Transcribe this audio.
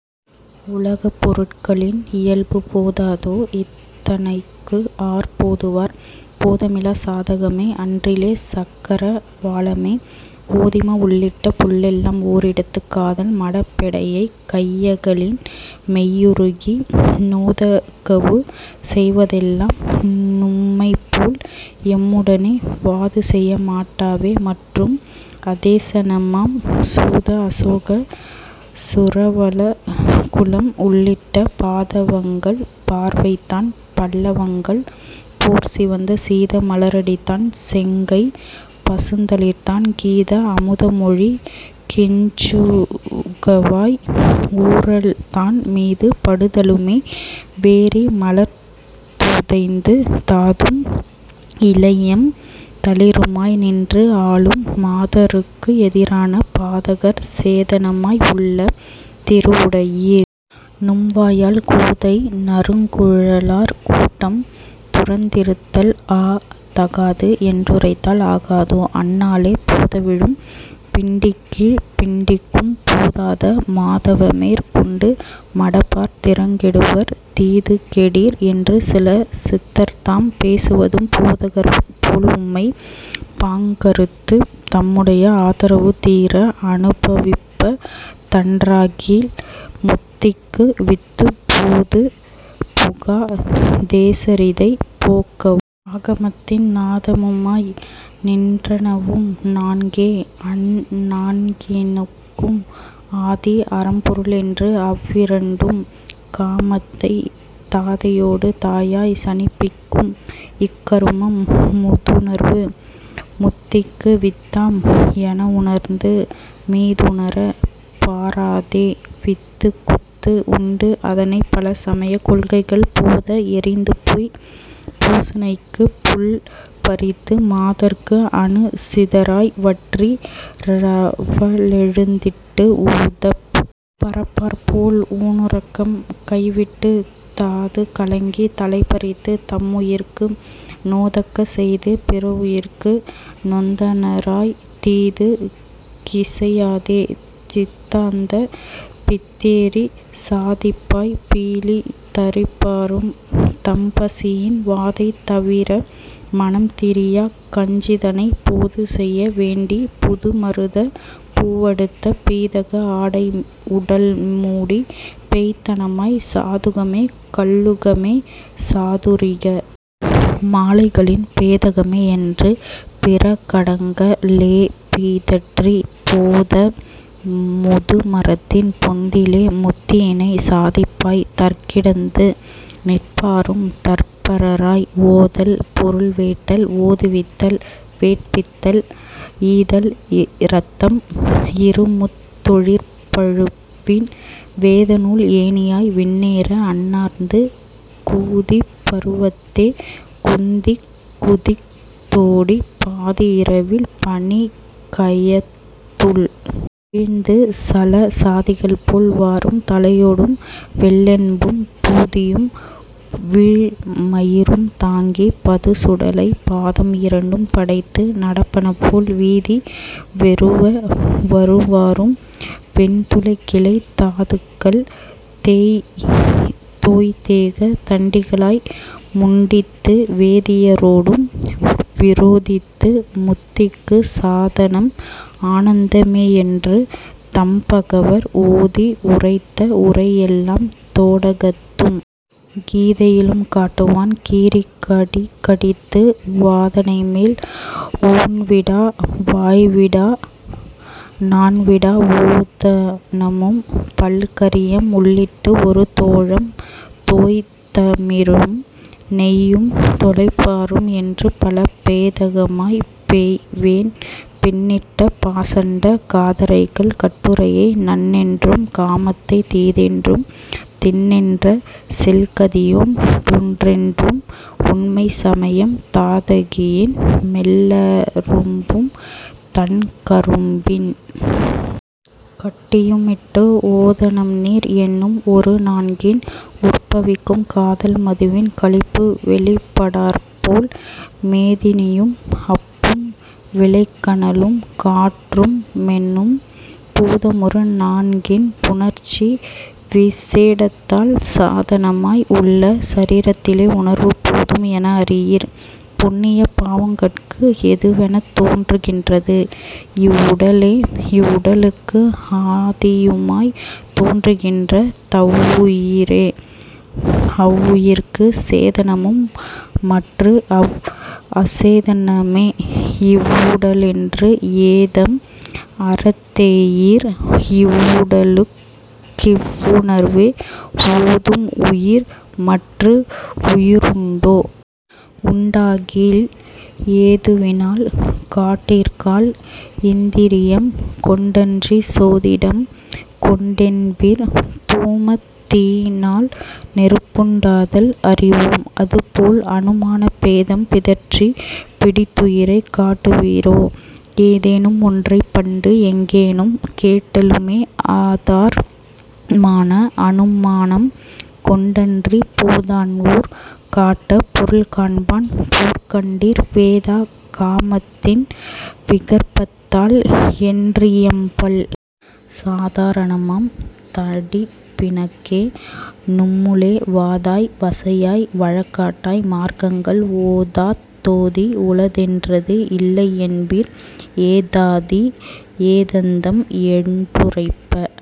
உலகப் பொருள்களின் இயல்பு போதாதோ? இத்தனைக்குஆர் போதுவார்? போதமிலாச் சாதகமே அன்றிலே சக்கர வாளமே ஓதிமமே உள்ளிட்ட புள்ளெல்லாம் ஒரிடத்துக் காதல் மடப்பெடையைக் கையகலின் மெய்யுருகி நோதகவு செய்வதெல்லாம் நும்மைப்போல் எம்முடனே வாதுசெய மாட்டாவே; மற்றும் அசேதனமாம் சூத அசோக சுரவகுளம் உள்ளிட்ட பாதவங்கள் பார்வைதான் பல்லவங்கள் போற்சிவந்த சீத மலரடிதான் செங்கைப் பசுந்தளிர்தான் கீத அமுதமொழிக் கிஞ்சுகவாய் ஊறல்தான் மீது படுதலுமே வேரி மலர்துதைந்து தாதும் இலையம் தளிருமாய் நின்று ஆலும்;- மாதருக்கு எதிரான பாதகர் சேதனமாய் உள்ள திருவுடையீர்! நும்வாயால் கோதை நறுங்குழலார் கூட்டம் துறந்திருத்தல் ஆ! தகாது என்றுரைத்தால் ஆகாதோ? அந்நாளே போதவிழும் பிண்டிக்கீழ்ப் பிண்டிக்கும் போதாத மாதவமேற் கொண்டு மடபார் திறங்கெடுவர் தீதுகெடீர் என்றுசில சித்தர்தாம் பேசுவதும் பாதகர் போல்உம்மைப் பாங்கறுத்துத் தம்முடைய ஆதரவு தீர அனுபவிப்ப தன்றாகில் முத்திக்கு வித்து போதுபுகா தேசரிதை போக்கவோ? ஆகமத்தின் நாதமுமாய் நின்றனவும் நான்கே; அந் நான்கினுக்கும் ஆதி அறம்பொருளென்று அவ்விரண்டும் காமத்தைத் தாதையொடு தாயாய்ச் சனிப்பிக்கும்; இக்கருமம் மூதுணர்வு முத்திக்கு வித்தாம் எனவுணர்ந்து மீதுணரப் பாராதே வித்துக்குற்று உண்டுஅதனைப் பல சமயக் கொள்கைகள் போத எறிந்துபோய்ப் பூசனைக்குப் புல்பறித்து மாதர்க்கு அனுசிதராய் வற்றி வறளெழுந்திட்டு ஊதப் பறப்பார்போல் ஊணுறக்கம் கைவிட்டுத் தாது கலங்கித் தலைபறித்துத் தம்முயிர்க்கு நோதக்க செய்து பிறவுயிர்க்கு நொந்தனராய்த் தீதுக் கிசையாதே சித்தாந்தப் பித்தேறிச் சாதிப்பாய்ப் பீலி தரிப்பாரும், தம்பசியின் வாதை தவிர மனம்திரியாக் கஞ்சிதனைப் போதுசெய வேண்டிப் புதுமருதப் பூவடுத்த பீதக ஆடைஉடல்மூடிப் பேய்த்தனமாய்ச் சாதுகமே கல்லுகமே சாதுரிக மாலைகளின் பேதகமே என்று பிரகடங்க ளேபிதற்றிப் போத முதுமரத்தின் பொந்திலே முத்தியினைச் சாதிப்பாய்த் தற்கிடந்து நிற்பாரும், தற்பரராய் ஓதல் பொருள்வேட்டல் ஓதுவித்தல் வேட்பித்தல் ஈதல் இரத்தம் இருமுத் தொழிற்பழுவின் வேதநூல் ஏணியாய் விண்ணேற அண்ணாந்து கூதிப் பருவத்தே குந்திக் குதித் தோடிப் பாதி இரவில் பனிக்கயத்துள் வீழ்ந்துசல சாதிகள்போல் வாரும், தலையோடும் வெள்ளென்பும் பூதியும் வீழ்மயிரும் தாங்கிப் பதுச்சுடலை பாதம் இரண்டும் படைத்து நடப்பனபோல் வீதி வெருவ வருவாரும், வெண்துகிலைத் தாதுக்கல் தோய்த்தேக தண்டிகளாய் முண்டித்து வேதிய ரோடும் விரோதித்து முத்திக்குச் சாதனம் ஆனந்த மேயென்று தம்பகவர் ஓதி உரைத்த உரையெல்லாம் தோடகத்தும் கீதையிலும் காட்டுவான் கீரிக் கடிகடித்து வாதனைமேல் ஊண்விடா வாய்விடா நாண்விடா ஓதனமும் பல்கறியம் உள்ளிட்டு ஒருதோழம் தோய்தமிரும் நெய்யும் தொலைப்பாரும், என்றுபல பேதகமாய் பெய்வேன் பின்னிட்ட பாசண்டக் காதறைகள் கட்டுரையை நன்றென்றும், காமத்தைத் தீதென்றும், திண்ணென்ற செல்கதியொன் றுண்டென்றும், உண்மைச் சமயம் தாதகியின் மெல்லரும்பும் தண்கரும்பின் கட்டியுமிட்டு ஓதனம்நீர் என்னும் ஒரு நான்கின் உற்பவிக்கும் காதல் மதுவின் களிப்புவெளிப் பட்டாற்போல் மேதினியும் அப்பும் விளைகனலும் காற்றுமெனும் பூதமொரு நான்கின் புணர்ச்சி விசேடத்தால் சாதனமாய் உள்ள சரீரத்திலேஉணர்வு போதும் எனஅறியீர்; புண்ணிய பாவங்கட்கு எதுவெனத் தோன்றுகின்றது இவ்வுடலே; இவ்வுடலுக்கு ஆதியுமாய்த் தோன்றுகின்ற தவ்வுயிரே; அவ்வுயிர்க்குச் சேதனமும், மற்றுஅவ் அசேதனமே இவ்வுடலென்று ஏதம் அறத்தெளியீர்; இவ்வுடலுக் கிவ்வுணர்வே ஓதும் உயிர்; மற்று உயிருண்டோ? உண்டாகில் ஏதுவினால் காட்டீர்காள்! இந்திரியம் கொண்டன்றிச் சோதிடம் கொண்டென்பீர்; தூமத் தினால்நெருப்புண் டாதல் அறிவோம், அதுபோல் அனுமானப் பேதம் பிதற்றிப் பிடித்துயிரைக் காட்டுவிரோ? ஏதேனும் ஒன்றைப்பண்டு எங்கேனும் கேட்டலுமே ஆதார் மான அனுமானம் கொண்டன்றிப் போதான்ஊர் காட்டப் பொருள்காண்பான் போற்கண்டீர்; வேதா கமத்தின் விகற்பத்தால் என்றியம்பல் சாதா ரணமாம் தடிப்பிணக்கே; நும்முளே வாதாய் வசையாய் வழக்காட்டாய் மார்க்கங்கள் ஓதாத் தோதி உளதென்றது இல்லையென்பீர்; ஏதாதி ஏதந்தம் என்றுரைப்ப